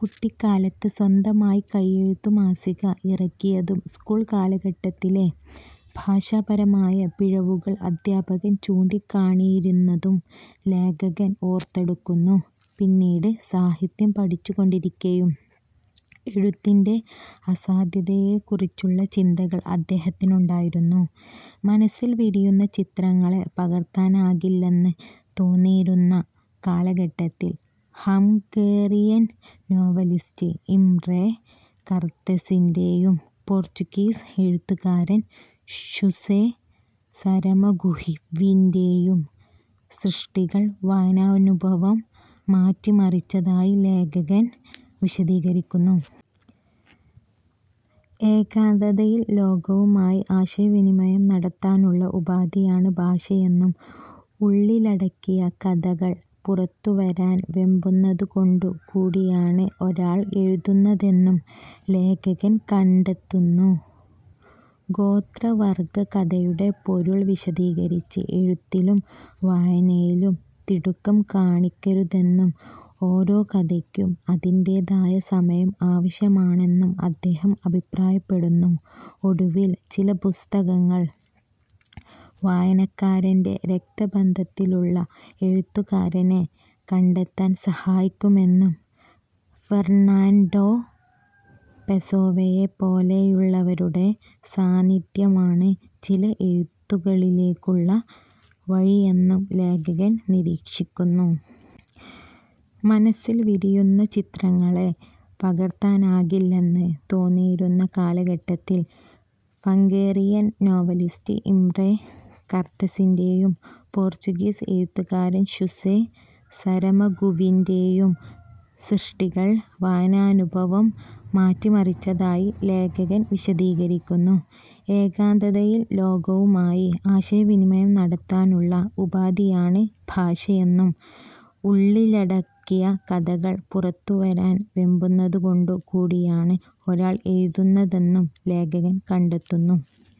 കുട്ടിക്കാലത്ത് സ്വന്തമായി കയ്യെഴുത്തുമാസിക ഇറക്കിയതും, സ്കൂൾ കാലഘട്ടത്തിലെ ഭാഷാപരമായ പിഴവുകൾ അധ്യാപകൻ ചൂണ്ടിക്കാണിയിരുന്നതും ലേഖകൻ ഓർത്തെടുക്കുന്നു. പിന്നീട് സാഹിത്യം പഠിച്ചുകൊണ്ടിരിക്കെയും എഴുത്തിന്റെ അസാധ്യതയെക്കുറിച്ചുള്ള ചിന്തകൾ അദ്ദേഹത്തിനുണ്ടായിരുന്നു. മനസ്സിൽ വിരിയുന്ന ചിത്രങ്ങളെ പകർത്താനാകില്ലെന്ന് തോന്നിയിരുന്ന കാലഘട്ടത്തിൽ, ഹംഗേറിയൻ നോവലിസ്റ്റ് ഇംറെ കർത്തെസിന്റെയും പോർച്ചുഗീസ് എഴുത്തുകാരൻ ഷുസെ സരമഗുവിന്റെയും സൃഷ്ടികൾ വായനാനുഭവം മാറ്റിമറിച്ചതായി ലേഖകൻ വിശദീകരിക്കുന്നു. ഏകാന്തതയിൽ ലോകവുമായി ആശയവിനിമയം നടത്താനുള്ള ഉപാധിയാണ് ഭാഷയെന്നും, ഉള്ളിലടക്കിയ കഥകൾ പുറത്തുവരാൻ വെമ്പുന്നതു കൊണ്ടു കൂടിയാണ് ഒരാൾ എഴുതുന്നതെന്നും ലേഖകൻ കണ്ടെത്തുന്നു. ഗോത്രവർഗ്ഗ കഥയുടെ പൊരുൾ വിശദീകരിച്ച്, എഴുത്തിലും വായനയിലും തിടുക്കം കാണിക്കരുതെന്നും, ഓരോ കഥയ്ക്കും അതിന്റേതായ സമയം ആവശ്യമാണെന്നും അദ്ദേഹം അഭിപ്രായപ്പെടുന്നു. ഒടുവിൽ, ചില പുസ്തകങ്ങൾ വായനക്കാരന്റെ രക്തബന്ധത്തിലുള്ള എഴുത്തുകാരനെ കണ്ടെത്താൻ സഹായിക്കുമെന്നും, ഫെർണാൻഡോ പെസോവയെപ്പോലെയുള്ളവരുടെ സാന്നിധ്യമാണ് ചില എഴുത്തുകളിലേക്കുള്ള വഴിയെന്നും ലേഖകൻ നിരീക്ഷിക്കുന്നു. മനസ്സിൽ വിരിയുന്ന ചിത്രങ്ങളെ പകർത്താനാകില്ലെന്ന് തോന്നിയിരുന്ന കാലഘട്ടത്തിൽ, ഹംഗേറിയൻ നോവലിസ്റ്റ് ഇംറെ കർത്തെസിന്റെയും പോർച്ചുഗീസ് എഴുത്തുകാരൻ ഷുസെ സരമഗുവിന്റെയും സൃഷ്ടികൾ വായനാനുഭവം മാറ്റിമറിച്ചതായി ലേഖകൻ വിശദീകരിക്കുന്നു. ഏകാന്തതയിൽ ലോകവുമായി ആശയവിനിമയം നടത്താനുള്ള ഉപാധിയാണ് ഭാഷയെന്നും, ഉള്ളിലടക്കിയ കഥകൾ പുറത്തുവരാൻ വെമ്പുന്നതു കൊണ്ടു കൂടിയാണ് ഒരാൾ എഴുതുന്നതെന്നും ലേഖകൻ കണ്ടെത്തുന്നു.